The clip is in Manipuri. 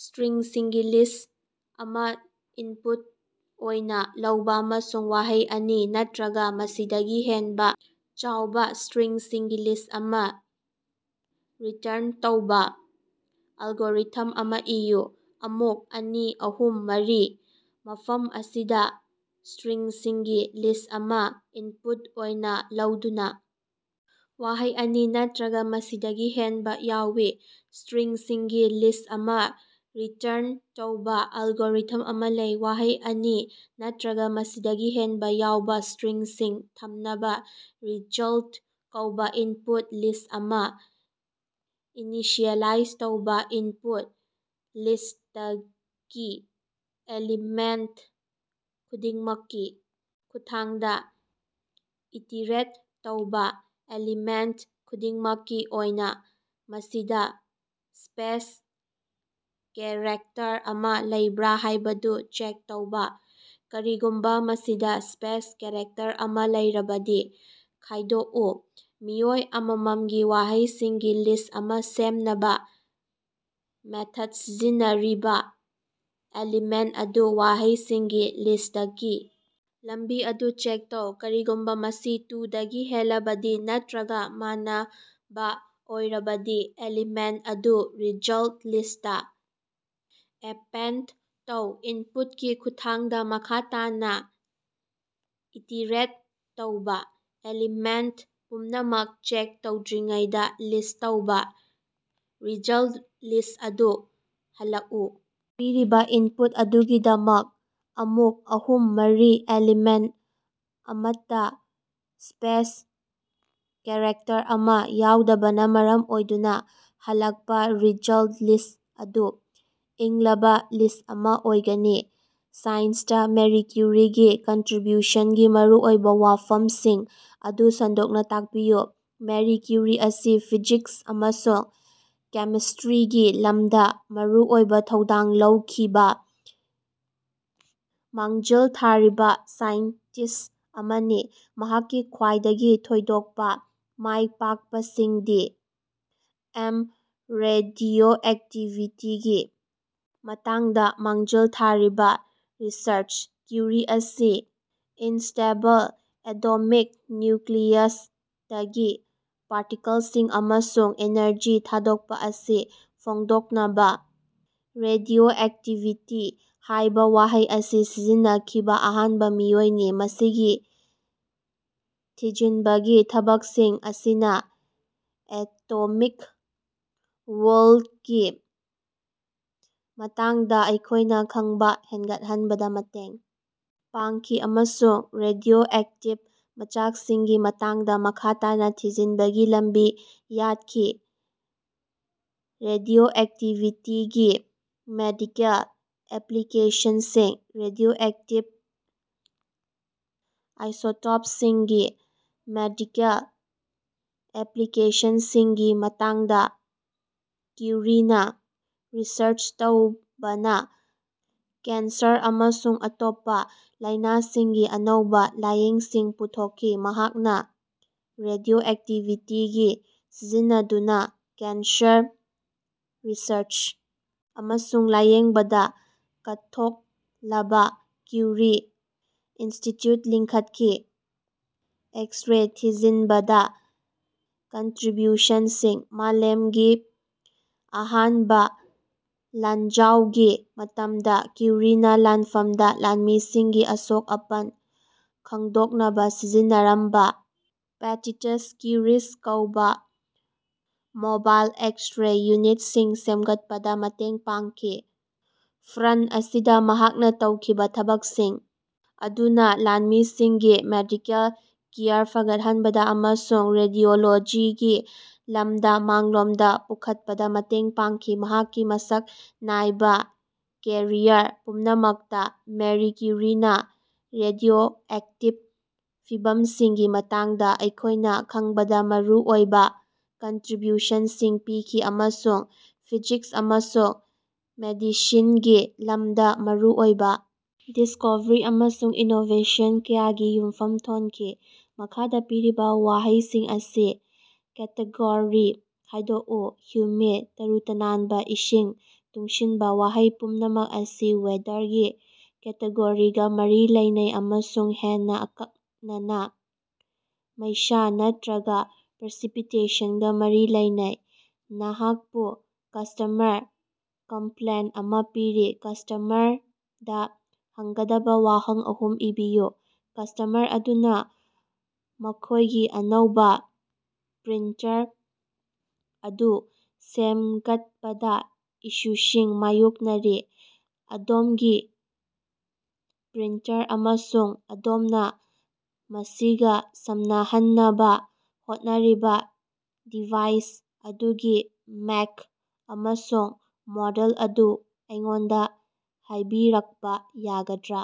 ꯁ꯭ꯇꯔꯤꯡꯁꯤꯡꯒꯤ ꯂꯤꯁꯠ ꯑꯃꯥ ꯏꯟꯄꯨꯠ ꯑꯣꯏꯅ ꯂꯧꯕ ꯑꯃꯁꯨꯡ ꯋꯥꯍꯩ ꯑꯅꯤ ꯅꯠꯇꯔꯒꯥ ꯃꯁꯤꯗꯒꯤ ꯍꯦꯟꯕꯥ ꯌꯥꯎꯕꯥ ꯁ꯭ꯇꯔꯤꯡꯁꯤꯡꯒꯤ ꯂꯤꯁꯠ ꯑꯃ ꯔꯤꯇꯔꯟ ꯇꯧꯕ ꯑꯦꯜꯒꯣꯔꯤꯊꯝ ꯑꯃ ꯏꯌꯨ꯫ "ꯑꯃꯛ", "ꯑꯅꯤ", "ꯑꯍꯨꯝ", "ꯃꯔꯤ" ꯃꯐꯝ ꯑꯁꯤꯗ ꯁ꯭ꯇꯔꯤꯡꯁꯤꯡꯒꯤ ꯂꯤꯁꯠ ꯑꯃ ꯏꯟꯄꯨꯠ ꯑꯣꯏꯅ ꯂꯧꯗꯨꯅ ꯋꯥꯍꯩ ꯑꯅꯤ ꯅꯠꯇꯔꯒ ꯃꯁꯤꯗꯒꯤ ꯍꯦꯟꯕꯥ ꯌꯥꯎꯕ ꯁ꯭ꯇꯔꯤꯡꯁꯤꯡꯒꯤ ꯂꯤꯁꯠ ꯑꯃ ꯔꯤꯇꯔꯟ ꯇꯧꯕ ꯑꯦꯜꯒꯣꯔꯤꯊꯝ ꯑꯃ ꯂꯩ꯫ ꯋꯥꯍꯩ ꯑꯅꯤ ꯅꯠꯇꯔꯒꯥ ꯃꯁꯤꯗꯒꯤ ꯍꯦꯟꯕ ꯌꯥꯎꯕ ꯁ꯭ꯇꯔꯤꯡꯁꯤꯡ ꯊꯝꯅꯕ ꯔꯤꯖꯜꯇ ꯀꯧꯕ ꯏꯝꯄꯣꯔꯠ ꯂꯤꯁꯠ ꯑꯃꯥ ꯏꯅꯤꯁꯤꯑꯦꯂꯥꯏꯖ ꯇꯧꯕꯥ ꯏꯅꯄꯨꯠ ꯂꯤꯁꯇꯀꯤ ꯑꯦꯂꯤꯃꯦꯟꯇ ꯈꯨꯗꯤꯡꯃꯛꯀꯤ ꯈꯨꯠꯊꯥꯡꯗꯥ ꯏꯇꯤꯔꯦꯠ ꯇꯧꯕ ꯑꯦꯂꯤꯃꯦꯟꯇ ꯈꯨꯗꯤꯡꯃꯛꯀꯤ ꯑꯣꯏꯅ, ꯃꯁꯤꯗ ꯁ꯭ꯄꯦꯁ ꯀꯦꯔꯦꯛꯇꯔ ꯑꯃꯥ ꯂꯩꯕ꯭ꯔꯥ ꯍꯥꯏꯕꯗꯨ ꯆꯦꯛ ꯇꯧꯕꯥ ꯀꯔꯤꯒꯨꯝꯕꯥ ꯃꯁꯤꯗꯥ ꯁ꯭ꯄꯦꯁ ꯀꯦꯔꯦꯛꯇꯔ ꯑꯃꯥ ꯂꯩꯔꯕꯗꯤ, ꯈꯥꯏꯗꯣꯛꯎ꯫ ꯃꯤꯑꯣꯏ ꯑꯃꯃꯝꯒꯤ ꯋꯥꯍꯩꯁꯤꯡꯒꯤ ꯂꯤꯁꯠ ꯑꯃ ꯁꯦꯝꯅꯕ ꯃꯦꯊꯗ ꯁꯤꯖꯤꯟꯅꯔꯤꯕꯥ ꯑꯦꯂꯤꯃꯦꯟꯇ ꯑꯗꯨ ꯋꯥꯍꯩꯁꯤꯡꯒꯤ ꯂꯤꯁꯇꯀꯤ ꯂꯝꯕꯤ ꯑꯗꯨ ꯆꯦꯛ ꯇꯧ, ꯀꯔꯤꯒꯨꯝꯕ ꯃꯁꯤ ꯇꯨꯗꯒꯤ ꯍꯦꯜꯂꯕꯗꯤ ꯅꯠꯇꯔꯒ ꯃꯥꯟꯅꯕꯥ ꯑꯣꯏꯔꯕꯗꯤ, ꯑꯦꯂꯤꯃꯦꯟꯇ ꯑꯗꯨ ꯔꯤꯖꯜꯇ ꯂꯤꯁꯠꯇꯥ ꯑꯦꯄꯦꯟꯗ ꯇꯧ ꯏꯟꯄꯨꯠꯀꯤ ꯈꯨꯠꯊꯥꯡꯗꯥ ꯃꯈꯥ ꯇꯥꯅꯥ ꯏꯇꯤꯔꯦꯠ ꯇꯧꯕꯥ꯫ ꯑꯦꯂꯤꯃꯦꯟꯇ ꯄꯨꯝꯅꯃꯛ ꯆꯦꯛ ꯇꯧꯗ꯭ꯔꯤꯉꯩꯗꯥ ꯂꯤꯁꯠ ꯇꯧꯕꯥ ꯔꯤꯖꯜꯇ ꯂꯤꯁꯠ ꯑꯗꯨ ꯍꯜꯂꯛꯎ ꯄꯤꯔꯤꯕꯥ ꯏꯟꯄꯨꯠ ꯑꯗꯨꯒꯤꯗꯃꯛ, "ꯑꯃꯛ", "ꯑꯅꯤ", "ꯑꯍꯨꯝ", "ꯃꯔꯤ", ꯑꯦꯂꯤꯃꯦꯟꯇ ꯑꯃꯠꯇꯥ ꯁ꯭ꯄꯦꯁ ꯀꯦꯔꯦꯛꯇꯔ ꯑꯃꯥ ꯌꯥꯎꯗꯕꯅꯥ ꯃꯔꯝ ꯑꯣꯏꯗꯨꯅꯥ, ꯍꯜꯂꯛꯄꯥ ꯔꯤꯖꯜꯇ ꯂꯤꯁꯠ ꯑꯗꯨ꯫ ꯏꯪꯂꯕꯥ ꯂꯤꯁꯠ ꯑꯃ ꯑꯣꯏꯒꯅꯤ꯫ ꯁꯥꯏꯟꯁꯇꯥ ꯃꯦꯔꯤ ꯀ꯭ꯌꯨꯔꯤꯒꯤ ꯀꯟꯇꯔꯤꯕ꯭ꯌꯨꯁꯟꯒꯤ ꯃꯔꯨꯑꯣꯏꯕꯥ ꯋꯥꯐꯝꯁꯤꯡ ꯑꯗꯨ ꯁꯟꯗꯣꯛꯅ ꯇꯥꯛꯄꯤꯌꯨ꯫ ꯃꯦꯔꯤ ꯀ꯭ꯌꯨꯔꯤ ꯑꯁꯤ ꯐꯤꯖꯤꯛꯁ ꯑꯃꯁꯨꯡ ꯀꯦꯃꯤꯁ꯭ꯇꯔꯤꯒꯤ ꯂꯝꯗꯥ ꯃꯔꯨꯑꯣꯏꯕ ꯊꯧꯗꯥꯡ ꯂꯧꯈꯤꯕꯥ ꯃꯥꯡꯖꯤꯜ ꯊꯥꯔꯤꯕꯥ ꯁꯥꯏꯟꯇꯤꯁꯠ ꯑꯃꯅꯤ꯫ ꯃꯍꯥꯛꯀꯤ ꯈ꯭ꯋꯥꯏꯗꯒꯤ ꯊꯣꯏꯗꯣꯛꯄꯥ ꯃꯥꯏꯄꯥꯛꯄꯁꯤꯡꯗꯤ: ꯑꯃ. ꯔꯦꯗꯤꯑꯣꯑꯦꯛꯇꯤꯚꯤꯇꯤꯒꯤ ꯃꯇꯥꯡꯗꯥ ꯃꯥꯡꯖꯤꯜ ꯊꯥꯔꯤꯕꯥ ꯔꯤꯁꯔꯆ: ꯀ꯭ꯌꯨꯔꯤ ꯑꯁꯤ ꯑꯟꯁ꯭ꯇꯦꯕꯜ ꯑꯦꯇꯣꯃꯤꯛ ꯅ꯭ꯌꯨꯀꯂꯤꯌꯁꯇꯒꯤ ꯄꯥꯔꯇꯤꯀꯜꯁꯤꯡ ꯑꯃꯁꯨꯡ ꯏꯅꯔꯖꯤ ꯊꯥꯗꯣꯛꯄꯥ ꯑꯁꯤ ꯐꯣꯡꯗꯣꯛꯅꯕꯥ "ꯔꯦꯗꯤꯑꯣꯑꯦꯛꯇꯤꯚꯤꯇꯤ" ꯍꯥꯏꯕꯥ ꯋꯥꯍꯩ ꯑꯁꯤ ꯁꯤꯖꯤꯟꯅꯈꯤꯕꯥ ꯑꯍꯥꯟꯕ ꯃꯤꯑꯣꯏꯅꯤ꯫ ꯃꯁꯤꯒꯤ ꯊꯤꯖꯤꯅꯕꯒꯤ ꯊꯕꯛꯁꯤꯡ ꯑꯁꯤꯅꯥ ꯑꯦꯇꯣꯃꯤꯛ ꯋꯥꯔꯜꯗꯀꯤ ꯃꯇꯥꯡꯗꯥ ꯑꯩꯈꯣꯏꯅ ꯈꯪꯕ ꯍꯦꯟꯒꯠꯍꯟꯕꯗꯥ ꯃꯇꯦꯡ ꯄꯥꯡꯈꯤ ꯑꯃꯁꯨꯡ ꯔꯦꯗꯤꯑꯣꯑꯦꯛꯇꯤꯚ ꯃꯆꯥꯛꯁꯤꯡꯒꯤ ꯃꯇꯥꯡꯗꯥ ꯃꯈꯥ ꯇꯥꯅ ꯊꯤꯖꯤꯟꯕꯒꯤ ꯂꯝꯕꯤ ꯌꯥꯠꯈꯤ꯫ ꯔꯦꯗꯤꯑꯣꯑꯦꯛꯇꯤꯚꯤꯇꯤꯒꯤ ꯃꯦꯗꯤꯀꯦꯜ ꯑꯦꯄꯂꯤꯀꯦꯁꯟꯁꯤꯡ: ꯔꯦꯗꯤꯑꯣꯑꯦꯛꯇꯤꯚ ꯑꯥꯏꯁꯣꯇꯣꯄꯁꯤꯡꯒꯤ ꯃꯦꯗꯤꯀꯦꯜ ꯑꯦꯄꯂꯤꯀꯦꯁꯟꯁꯤꯡꯒꯤ ꯃꯇꯥꯡꯗꯥ ꯀ꯭ꯌꯨꯔꯤꯅꯥ ꯔꯤꯁꯔꯆ ꯇꯧꯕꯅꯥ ꯀꯦꯟꯁꯔ ꯑꯃꯁꯨꯡ ꯑꯇꯣꯞꯄꯥ ꯂꯥꯏꯅꯥꯁꯤꯡꯒꯤ ꯑꯅꯧꯕꯥ ꯂꯥꯌꯦꯡꯁꯤꯡ ꯄꯨꯊꯣꯛꯈꯤ꯫ ꯃꯍꯥꯛꯅꯥ ꯔꯦꯗꯤꯑꯣꯑꯦꯛꯇꯤꯚꯤꯇꯤ ꯁꯤꯖꯤꯟꯅꯗꯨꯅꯥ ꯀꯦꯟꯁꯔ ꯔꯤꯁꯔꯆ ꯑꯃꯁꯨꯡ ꯂꯥꯌꯦꯡꯕꯗꯥ ꯀꯠꯊꯣꯛꯂꯕ ꯀ꯭ꯌꯨꯔꯤ ꯏꯟꯁꯇꯤꯇ꯭ꯌꯨꯠ ꯂꯤꯡꯈꯠꯈꯤ꯫ ꯑꯦꯛꯁ-ꯔꯦ ꯊꯤꯖꯤꯅꯕꯗꯥ ꯀꯟꯇꯔꯤꯕ꯭ꯌꯨꯁꯟꯁꯤꯡ: ꯃꯥꯂꯦꯃꯒꯤ ꯑꯍꯥꯅꯕꯥ ꯂꯥꯟꯖꯥꯎꯒꯤ ꯃꯇꯝꯗ ꯀ꯭ꯌꯨꯔꯤꯅꯥ ꯂꯥꯟꯐꯝꯗꯥ ꯂꯥꯟꯃꯤꯁꯤꯡꯒꯤ ꯑꯁꯣꯛ-ꯑꯄꯟ ꯈꯪꯗꯣꯛꯅꯕꯥ ꯁꯤꯖꯤꯟꯅꯔꯝꯕꯥ "ꯄꯦꯇꯤꯇꯁ ꯀ꯭ꯌꯨꯔꯤꯁ" ꯀꯧꯕꯥ ꯃꯣꯕꯥꯏꯜ ꯑꯦꯛꯁ-ꯔꯦ ꯌꯨꯅꯤꯠꯁꯤꯡ ꯁꯦꯝꯒꯠꯄꯗꯥ ꯃꯇꯦꯡ ꯄꯥꯡꯈꯤ꯫ ꯐ꯭ꯔꯟꯇ ꯑꯁꯤꯗꯥ ꯃꯍꯥꯛꯅꯥ ꯇꯧꯈꯤꯕꯥ ꯊꯕꯛꯁꯤꯡ ꯑꯗꯨꯅꯥ ꯂꯥꯟꯃꯤꯁꯤꯡꯒꯤ ꯃꯦꯗꯤꯀꯦꯜ ꯀꯦꯌꯔ ꯐꯒꯠꯍꯟꯕꯗꯥ ꯑꯃꯁꯨꯡ ꯔꯦꯗꯤꯑꯣꯂꯣꯖꯤꯒꯤ ꯂꯝꯗꯥ ꯃꯥꯡꯂꯣꯝꯗꯥ ꯄꯨꯈꯠꯄꯗꯥ ꯃꯇꯦꯡ ꯄꯥꯡꯈꯤ꯫ ꯃꯍꯥꯛꯀꯤ ꯃꯁꯛ ꯅꯥꯏꯕꯥ ꯀꯦꯔꯤꯌꯔ ꯄꯨꯝꯅꯃꯛꯇꯥ, ꯃꯦꯔꯤ ꯀ꯭ꯌꯨꯔꯤꯅꯥ ꯔꯦꯗꯤꯑꯣꯑꯦꯛꯇꯤꯚ ꯐꯤꯚꯝꯁꯤꯡꯒꯤ ꯃꯇꯥꯡꯗꯥ ꯑꯩꯈꯣꯏꯅ ꯈꯪꯕꯗꯥ ꯃꯔꯨꯑꯣꯏꯕꯥ ꯀꯟꯇꯔꯤꯕ꯭ꯌꯨꯁꯟꯁꯤꯡ ꯄꯤꯈꯤ ꯑꯃꯁꯨꯡ ꯐꯤꯖꯤꯛꯁ ꯑꯃꯁꯨꯡ ꯃꯦꯗꯤꯁꯤꯟꯒꯤ ꯂꯝꯗꯥ ꯃꯔꯨꯑꯣꯏꯕꯥ ꯗꯤꯁꯀꯣꯕꯔꯤ ꯑꯃꯁꯨꯡ ꯏꯅꯣꯕꯦꯁꯟ ꯀꯌꯥꯒꯤ ꯌꯨꯝꯐꯝ ꯊꯣꯅꯈꯤ꯫ ꯃꯈꯥꯗꯥ ꯄꯤꯔꯤꯕꯥ ꯋꯥꯍꯩꯁꯤꯡ ꯑꯁꯤ ꯀꯦꯇꯦꯒꯣꯔꯤ ꯈꯥꯏꯗꯣꯛꯎ: ꯍꯨꯃꯤꯗ, ꯇꯔꯨ-ꯇꯅꯥꯅꯕꯥ, ꯏꯁꯤꯡ ꯇꯨꯡꯁꯤꯅꯕꯥ꯫ ꯋꯥꯍꯩ ꯄꯨꯝꯅꯃꯛ ꯑꯁꯤ ꯋꯦꯗꯔ"ꯒꯤ ꯀꯦꯇꯦꯒꯣꯔꯤꯒꯥ ꯃꯔꯤ ꯂꯩꯅꯩ ꯑꯃꯁꯨꯡ ꯍꯦꯟꯅꯥ ꯑꯀꯛꯅꯅꯥ "ꯃꯩꯁꯥ" ꯅꯠꯇꯔꯒꯥ "ꯄ꯭ꯔꯁꯤꯄꯤꯇꯦꯁꯟ"ꯒꯥ ꯃꯔꯤ ꯂꯩꯅꯩ꯫ ꯅꯍꯥꯛꯄꯨ ꯀꯁ꯭ꯇꯃꯔ ꯀꯝꯄꯂꯦꯟꯇ ꯑꯃꯥ ꯄꯤꯔꯤ꯫ ꯀꯁ꯭ꯇꯃꯔꯗꯥ ꯍꯪꯒꯗꯕꯥ ꯋꯥꯍꯪ ꯑꯍꯨꯝ ꯏꯕꯤꯌꯨ꯫ ꯀꯁ꯭ꯇꯃꯔ ꯑꯗꯨꯅꯥ ꯃꯈꯣꯏꯒꯤ ꯑꯅꯧꯕꯥ ꯄ꯭ꯔꯤꯟꯇꯔ ꯑꯗꯨ ꯁꯦꯝꯒꯠꯄꯗꯥ ꯏꯁꯨꯁꯤꯡ ꯃꯥꯌꯣꯛꯅꯔꯤ꯫ ꯑꯗꯣꯝꯒꯤ ꯄ꯭ꯔꯤꯟꯇꯔ ꯑꯃꯁꯨꯡ ꯑꯗꯣꯝꯅꯥ ꯃꯁꯤꯒꯥ ꯁꯝꯅꯍꯟꯅꯕꯥ ꯍꯣꯠꯅꯔꯤꯕꯥ ꯗꯤꯚꯥꯏꯁ ꯑꯗꯨꯒꯤ ꯃꯦꯛ ꯑꯃꯁꯨꯡ ꯃꯣꯗꯦꯜ ꯑꯗꯨ ꯑꯩꯉꯣꯟꯗꯥ ꯍꯥꯏꯕꯤꯔꯛꯄꯥ ꯌꯥꯒꯗ꯭ꯔꯥ?